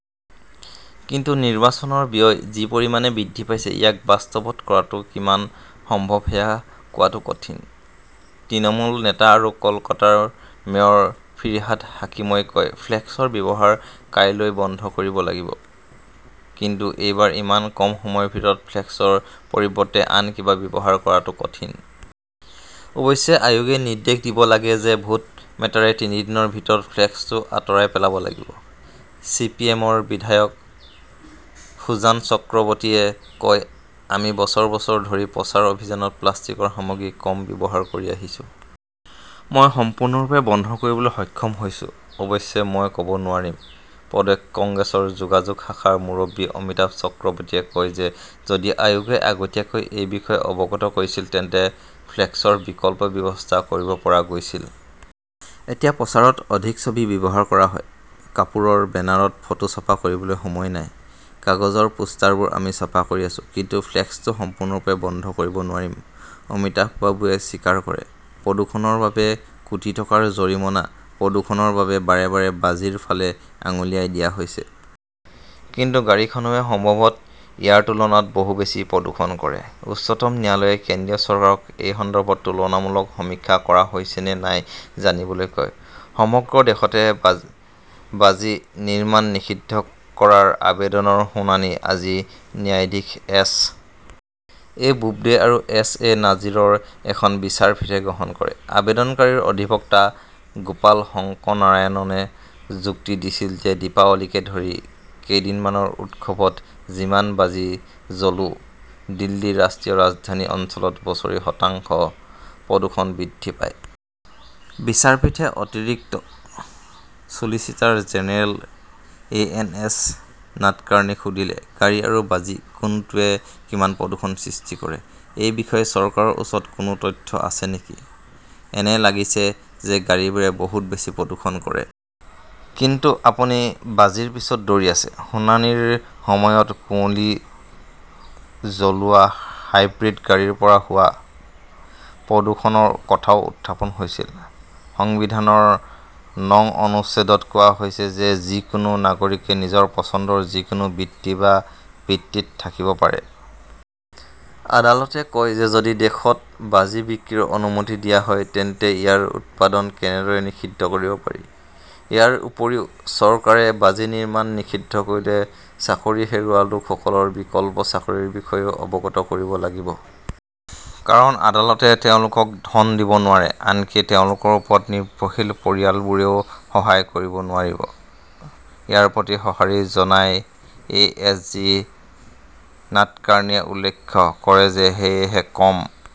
কিন্তু নিৰ্বাচনৰ ব্যয় যি পৰিমাণে বৃদ্ধি পাইছে, ইয়াক বাস্তৱত কৰাটো কিমান সম্ভৱ সেয়া কোৱাটো কঠিন। তৃণমূল নেতা আৰু কলকাতাৰ মেয়ৰ ফিৰহাদ হাকিমই কয়, "ফ্লেক্সৰ ব্যৱহাৰ কাইলৈ বন্ধ কৰিব লাগিব। কিন্তু এইবাৰ ইমান কম সময়ৰ ভিতৰত ফ্লেক্সৰ পৰিৱৰ্তে আন কিবা ব্যৱহাৰ কৰাটো কঠিন। অৱশ্যে আয়োগে নিৰ্দেশ দিব লাগে যে ভোট মেটাৰে তিনি দিনৰ ভিতৰত ফ্লেক্সটো আঁতৰাই পেলাব লাগিব। "চি. পি. এম. -ৰ বিধায়ক সুজান চক্ৰৱৰ্তীয়ে কয়", আমি বছৰ বছৰ ধৰি প্ৰচাৰ অভিযানত প্লাষ্টিকৰ সামগ্ৰী কম ব্যৱহাৰ কৰি আহিছো। মই সম্পূৰ্ণৰূপে বন্ধ কৰিবলৈ সক্ষম হৈছো, অৱশ্যে, মই ক 'ব নোৱাৰিম। "প্ৰদেশ কংগ্ৰেছৰ যোগাযোগ শাখাৰ মুৰব্বী অমিতাভ চক্ৰৱৰ্তীয়ে কয় যে যদি আয়োগে আগতীয়াকৈ এই বিষয়ে অৱগত কৰিছিল তেন্তে ফ্লেক্সৰ বিকল্প ব্যৱস্থা কৰিব পৰা গৈছিল। এতিয়া প্ৰচাৰত অধিক ছবি ব্যৱহাৰ কৰা হয়। কাপোৰৰ বেনাৰত ফটো ছপা কৰিবলৈ সময় নাই। "কাগজৰ পোষ্টাৰবোৰ আমি ছপা কৰি আছো। কিন্তু ফ্লেক্সটো সম্পূৰ্ণৰূপে বন্ধ কৰিব নোৱাৰিম ", অমিতাভ বাবুৱে স্বীকাৰ কৰে। প্ৰদূষণৰ বাবে কোটি টকাৰ জৰিমনা প্ৰদূষণৰ বাবে বাৰে বাৰে বাজিৰ ফালে আঙুলিয়াই দিয়া হৈছে। কিন্তু গাড়ীখনৱে সম্ভৱতঃ ইয়াৰ তুলনাত বহু বেছি প্ৰদূষণ কৰে। উচ্চতম ন্যায়ালয়ে কেন্দ্ৰীয় চৰকাৰক এই সন্দৰ্ভত তুলনামূলক সমীক্ষা কৰা হৈছে নে নাই জানিবলৈ কয়। সমগ্ৰ দেশতে বাজি নিৰ্মাণ নিষিদ্ধ কৰাৰ আবেদনৰ শুনানি আজি ন্যায়াধীশ এছ. এ. বোবদে আৰু এছ. এ. নাজিৰৰ এখন বিচাৰপীঠে গ্ৰহণ কৰে। আবেদনকাৰীৰ অধিবক্তা গোপাল শংকৰনাৰায়ণনে যুক্তি দিছিল যে দীপাৱলীকে ধৰি কেইদিনমানৰ উৎসৱত যিমান বাজি জ্বলো, দিল্লী ৰাষ্ট্ৰীয় ৰাজধানী অঞ্চলত বছৰি শতাংশ প্ৰদূষণ বৃদ্ধি পায়। বিচাৰপীঠে অতিৰিক্ত solicitor general A. N. S. নাদকাৰ্ণীক সুধিলে, "গাড়ী আৰু বাজি, কোনটোৱে কিমান প্ৰদূষণৰ সৃষ্টি কৰে সেই বিষয়ে চৰকাৰৰ ওচৰত কোনো তথ্য আছে নেকি? এনে লাগিছে যে গাড়ীবোৰে বহুত বেছি প্ৰদূষণ কৰে। কিন্তু আপুনি বাজিৰ পিছত দৌৰি আছে। "শুনানিৰ সময়ত কুঁৱলী জ্বলোৱা, হাইব্ৰিড গাড়ীৰ পৰা হোৱা প্ৰদূষণৰ কথাও উত্থাপন হৈছিল। সংবিধানৰ নং অনুচ্ছেদত কোৱা হৈছে যে যিকোনো নাগৰিকে নিজৰ পচন্দৰ যিকোনো বৃত্তি বা বৃত্তিত থাকিব পাৰে। আদালতে কয় যে যদি দেশত বাজি বিক্ৰীৰ অনুমতি দিয়া হয়, তেন্তে ইয়াৰ উৎপাদন কেনেদৰে নিষিদ্ধ কৰিব পাৰি? ইয়াৰ উপৰিও, চৰকাৰে বাজি নিৰ্মাণ নিষিদ্ধ কৰিলে চাকৰি হেৰুওৱা লোকসকলৰ বিকল্প চাকৰিৰ বিষয়েও অৱগত কৰিব লাগিব। কাৰণ, আদালতে তেওঁলোকক ধন দিব নোৱাৰে। আনকি তেওঁলোকৰ ওপৰত নিৰ্ভৰশীল পৰিয়ালবোৰেও সহায় কৰিব নোৱাৰিব। ইয়াৰ প্ৰতি সঁহাৰি জনাই এ. এছ. জি. নাদকাৰ্ণীয়ে উল্লেখ কৰে যে সেয়েহে কম